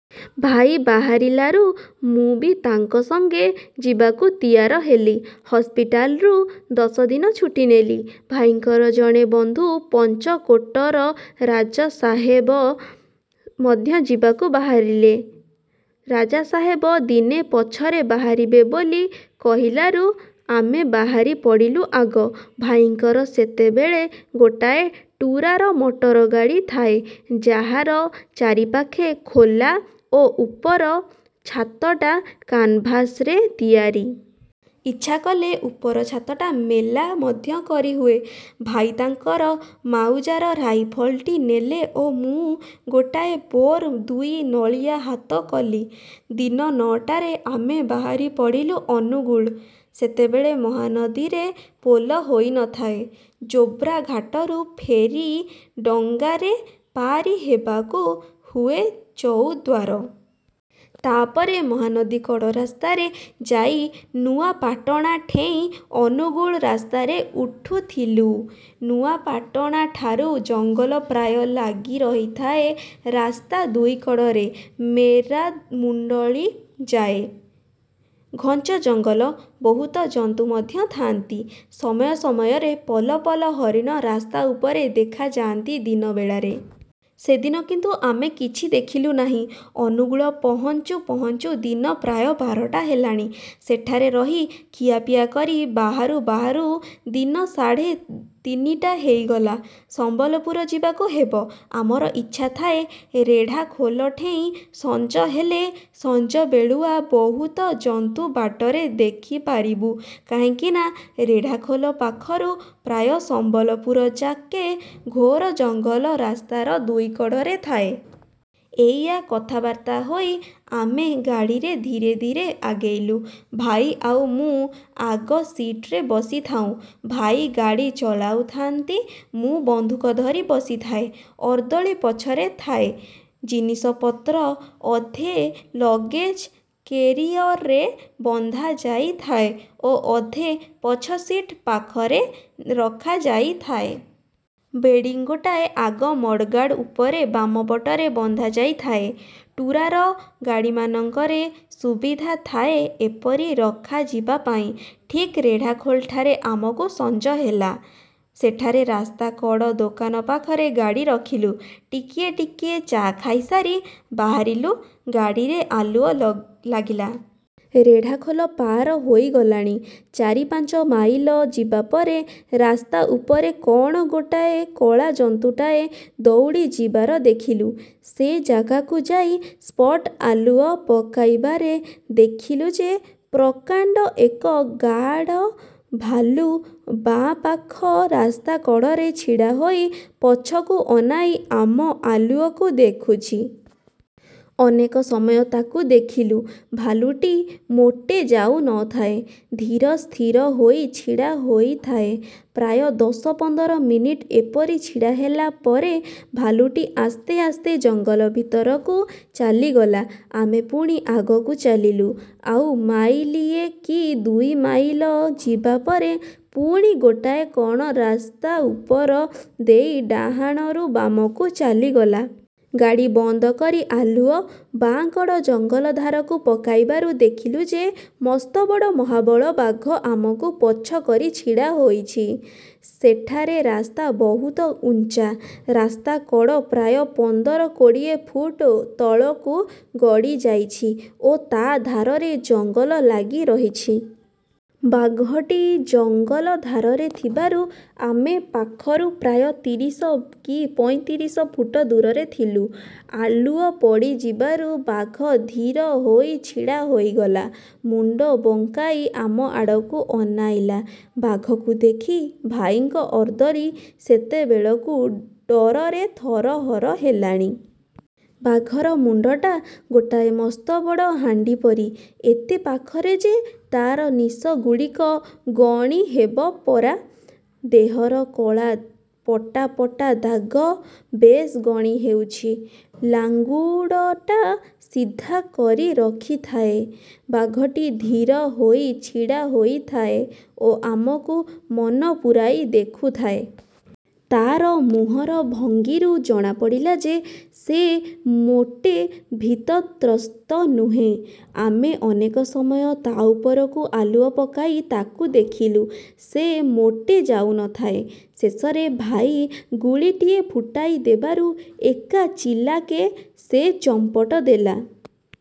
ଭାଇ ବାହାରିଲାରୁ ମୁଁ ବି ତାଙ୍କ ସଙ୍ଗେ ଯିବାକୁ ତିଆର ହେଲି। ହସ୍ପିଟାଲ୍ରୁ ଦଶଦିନ ଛୁଟି ନେଲି। ଭାଇଙ୍କର ଜଣେ ବନ୍ଧୁ ପଞ୍ଚକୋଟର ରାଜାସାହେବ ମଧ୍ୟ ଯିବାକୁ ବାହାରିଲେ। ରାଜାସାହେବ ଦିନେ ପଛରେ ବାହାରିବେ ବୋଲି କହିଲାରୁ ଆମେ ବାହାରିପଡ଼ିଲୁ ଆଗ। ଭାଇଙ୍କର ସେତେବେଳେ ଗୋଟାଏ ଟୁରାର ମଟରଗାଡ଼ି ଥାଏ, ଯାହାର ଚାରିପାଖ ଖୋଲା ଓ ଉପର ଛାତଟା କେନ୍ଭାସ୍ରେ ତିଆରି। ଇଚ୍ଛା କଲେ ଉପର ଛାତଟା ମେଲା ମଧ୍ୟ କରିହୁଏ। ଭାଇ ତାଙ୍କର ମାଉଜାର ରାଇଫଲଟି ନେଲେ ଓ ମୁଁ ଗୋଟାଏ ବୋର୍ ଦୁଇ ନଳିଆ ହାତ କଲି। ଦିନ ନଅଟାରେ ଆମେ ବାହାରିପଡ଼ିଲୁ ଅନୁଗୁଳ। ସେତେବେଳେ ମହାନଦୀରେ ପୋଲ ହୋଇ ନ ଥିଲା। ଜୋବ୍ରା ଘାଟରୁ ଫେରି-ଡଙ୍ଗାରେ ପାରି ହେବାକୁ ହୁଏ ଚଉଦ୍ୱାର। ତା'ପରେ ମହାନଦୀ କଡ଼ ରାସ୍ତାରେ ଯାଇ ନୂଆପାଟଣା ଠେଇଁ ଅନୁଗୁଳ ରାସ୍ତାରେ ଉଠୁଥିଲୁ। ନୂଆପାଟଣାଠାରୁ ଜଙ୍ଗଲ ପ୍ରାୟ ଲାଗି ରହିଥାଏ ରାସ୍ତା ଦୁଇକଡ଼ରେ-ମେରାମୁଣ୍ଡଳି ଯାଏ। ଘଞ୍ଚ ଜଙ୍ଗଲ। ବହୁତ ଜନ୍ତୁ ମଧ୍ୟ ଥାଆନ୍ତି। ସମୟ ସମୟରେ ପଲ ପଲ ହରିଣ ରାସ୍ତା ଉପରେ ଦେଖାଯାଆନ୍ତି ଦିନ ବେଳାରେ। ସେଦିନ କିନ୍ତୁ ଆମେ କିଛି ଦେଖିଲୁ ନାହିଁ। ଅନୁଗୁଳ ପହଞ୍ଚୁ ପହଞ୍ଚୁ ଦିନ ପ୍ରାୟ ବାରଟା ହେଲାଣି। ସେଠାରେ ରହି ଖିଆପିଆ କରି ବାହାରୁ ବାହାରୁ ଦିନ ସାଢ଼େ ତିନିଟା ହେଇଗଲା। ସମ୍ୱଲପୁର ଯିବାକୁ ହେବ। ଆମର ଇଚ୍ଛା ଥାଏ ରେଢାଖୋଲଠେଇଁ ସଞ୍ଜ ହେଲେ, ସଞ୍ଜବେଳୁଆ ବହୁତ ଜନ୍ତୁ ବାଟରେ ଦେଖିପାରିବୁ-କାହିଁକିନା ରେଢ଼ାଖୋଲ ପାଖରୁ ପ୍ରାୟ ସମ୍ୱଲପୁରଯାକେ ଘୋର ଜଙ୍ଗଲ ରାସ୍ତାର ଦୁଇକଡ଼ରେ ଥାଏ। ଏଇଆ କଥାବାର୍ତ୍ତା ହୋଇ ଆମେ ଗାଡ଼ିରେ ଧୀରେ ଧୀରେ ଆଗେଇଲୁ।। ଭାଇ ଆଉ ମୁଁ ଆଗ ସିଟ୍ରେ ବସିଥାଉଁ। ଭାଇ ଗାଡ଼ି ଚଳାଉଥାନ୍ତି। ମୁଁ ବନ୍ଧୁକ ଧରି ବସିଥାଏ। ଅର୍ଦ୍ଦଳି ପଛରେ ଥାଏ। ଜିନିଷପତ୍ର ଅଧେ ଲଗେଜ କେରିଅରରେ ବନ୍ଧାଯାଇଥାଏ ଓ ଅଧେ ପଛସିଟ୍ ପାଖରେ ରଖାଯାଇଥାଏ। ବେଡ଼ିଙ୍ଗ୍ ଗୋଟାଏ ଆଗ ମଡ଼ଗାର୍ଡ଼ ଉପରେ ବାମ ପାଖରେ ବନ୍ଧାଯାଇଥାଏ। ଟୁରାର ଗାଡ଼ିମାନଙ୍କରେ ସୁବିଧା ଥାଏ ଏପରି ରଖାଯିବାପାଇଁ। ଠିକ୍ ରେଢ଼ାଖୋଲଠାରେ ଆମକୁ ସଞ୍ଜ ହେଲା। ସେଠାରେ ରାସ୍ତା କଡ଼ ଦୋକାନ ପାଖରେ ଗାଡ଼ି ରଖିଲୁ। ଟିକିଏ ଟିକିଏ ଚା' ଖାଇସାରି ବାହାରିଲୁ। ଗାଡ଼ିରେ ଆଲୁଅ ଲାଗିଲା। ରେଢ଼ାଖୋଲ ପାର ହୋଇଗଲାଣି। ଚାରି ପାଞ୍ଚ ମାଇଲ ଯିବାପରେ ରାସ୍ତା ଉପରେ କ'ଣ ଗୋଟାଏ କଳା ଜନ୍ତୁଟାଏ ଦଉଡ଼ିଯିବାର ଦେଖିଲୁ। ସେ ଜାଗାକୁ ଯାଇ ସ୍ପଟ୍ ଆଲୁଅ ପକାଇବାରେ ଦେଖିଲୁ ଯେ ପ୍ରକାଣ୍ଡ ଏକ ଗାଡ଼ ଭାଲୁ ବାଁପାଖ ରାସ୍ତା କଡ଼ରେ ଛିଡ଼ାହୋଇ ପଛକୁ ଅନାଇ ଆମ ଆଲୁଅକୁ ଦେଖୁଛି। ଅନେକ ସମୟ ତାକୁ ଦେଖିଲୁ। ଭାଲୁଟି ମୋଟେ ଯାଉ ନ ଥାଏ। ଧୀର ସ୍ଥିର ହୋଇ ଛିଡ଼ା ହୋଇଥାଏ। ପ୍ରାୟ ଦଶ ପନ୍ଦର ମିନିଟ ଏପରି ଛିଡ଼ା ହେଲା ପରେ ଭାଲୁଟି ଆସ୍ତେ ଆସ୍ତେ ଜଙ୍ଗଲ ଭିତରକୁ ଚାଲିଗଲା। ଆମେ ପୁଣି ଆଗକୁ ଚାଲିଲୁ। ଆଉ ମାଇଲିଏ କି ଦୁଇ ମାଇଲ ଯିବା ପରେ ପୁଣି ଗୋଟାଏ କ'ଣ ରାସ୍ତା ଉପର ଦେଇ ଡାହାଣରୁ ବାମକୁ ଚାଲିଗଲା। ଗାଡ଼ି ବନ୍ଦ କରି ଆଲୁଅ ବାକଡ଼ ଜଙ୍ଗଲ ଧାରକୁ ପକାଇବାରୁ ଦେଖିଲୁ ଯେ ମସ୍ତବଡ଼ ମହାବଳ ବାଘ ଆମକୁ ପଛକରି ଛିଡ଼ା ହୋଇଛି। ସେଠାରେ ରାସ୍ତା ବହୁତ ଉଞ୍ଚା। ରାସ୍ତା କଡ଼ ପ୍ରାୟ ପନ୍ଦର କୋଡ଼ିଏ ଫୁଟ ତଳକୁ ଗଡ଼ିଯାଇଛି ଓ ତା' ଧାରରେ ଜଙ୍ଗଲ ଲାଗି ରହିଛି। ବାଘଟି ଜଙ୍ଗଲ ଧାରରେ ଥିବାରୁ ଆମ ପାଖରୁ ପ୍ରାୟ ତିରିଶ କି ପଇଁତିରିଶ ଫୁଟ ଦୂରରେ ଥିଲା। ଆଲୁଅ ପଡ଼ିଯିବାରୁ ବାଘ ଧୀର ହୋଇ ଛିଡ଼ା ହୋଇଗଲା। ମୁଣ୍ଡ ବଙ୍କାଇ ଆମ ଆଡ଼କୁ ଅନାଇଲା। ବାଘକୁ ଦେଖି ଭାଇଙ୍କ ଅର୍ଦ୍ଦଳି ସେତେବେଳକୁ ଡରରେ ଥରହର ହେଲାଣି। ବାଘର ମୁଣ୍ଡଟା ଗୋଟାଏ ମସ୍ତବଡ଼ ହାଣ୍ଡିପରି। ଏତେ ପାଖରେ ଯେ, ତା'ର ନିଶଗୁଡ଼ିକ ଗଣି ହେବ ପରା। ଦେହର କଳା ପଟା ପଟା ଦାଗ ବେଶ୍ ଗଣି ହେଉଛି। ଲାଙ୍ଗୁଡ଼ଟା ସିଧା କରି ରଖିଥାଏ। ବାଘଟି ଧୀର ହୋଇ ଛିଡ଼ାହୋଇଥାଏ ଓ ଆମକୁ ମନପୁରାଇ ଦେଖୁଥାଏ,। ତା'ର ମୁହଁର ଭଙ୍ଗୀରୁ ଜଣାପଡ଼ିଲା ଯେ ସେ ମୋଟେ ଭୀତତ୍ରସ୍ତ ନୁହେଁ। ଆମେ ଅନେକ ସମୟ ତା' ଉପରକୁ ଆଲୁଅ ପକାଇ ତାକୁ ଦେଖିଲୁ। ସେ ମୋଟେ ଯାଉ ନଥାଏ। ଶେଷରେ ଭାଇ ଗୁଳିଟିଏ ଫୁଟାଇ ଦେବାରୁ ଏକା ଚିଲାକେ ସେ ଚମ୍ପଟ ଦେଲା।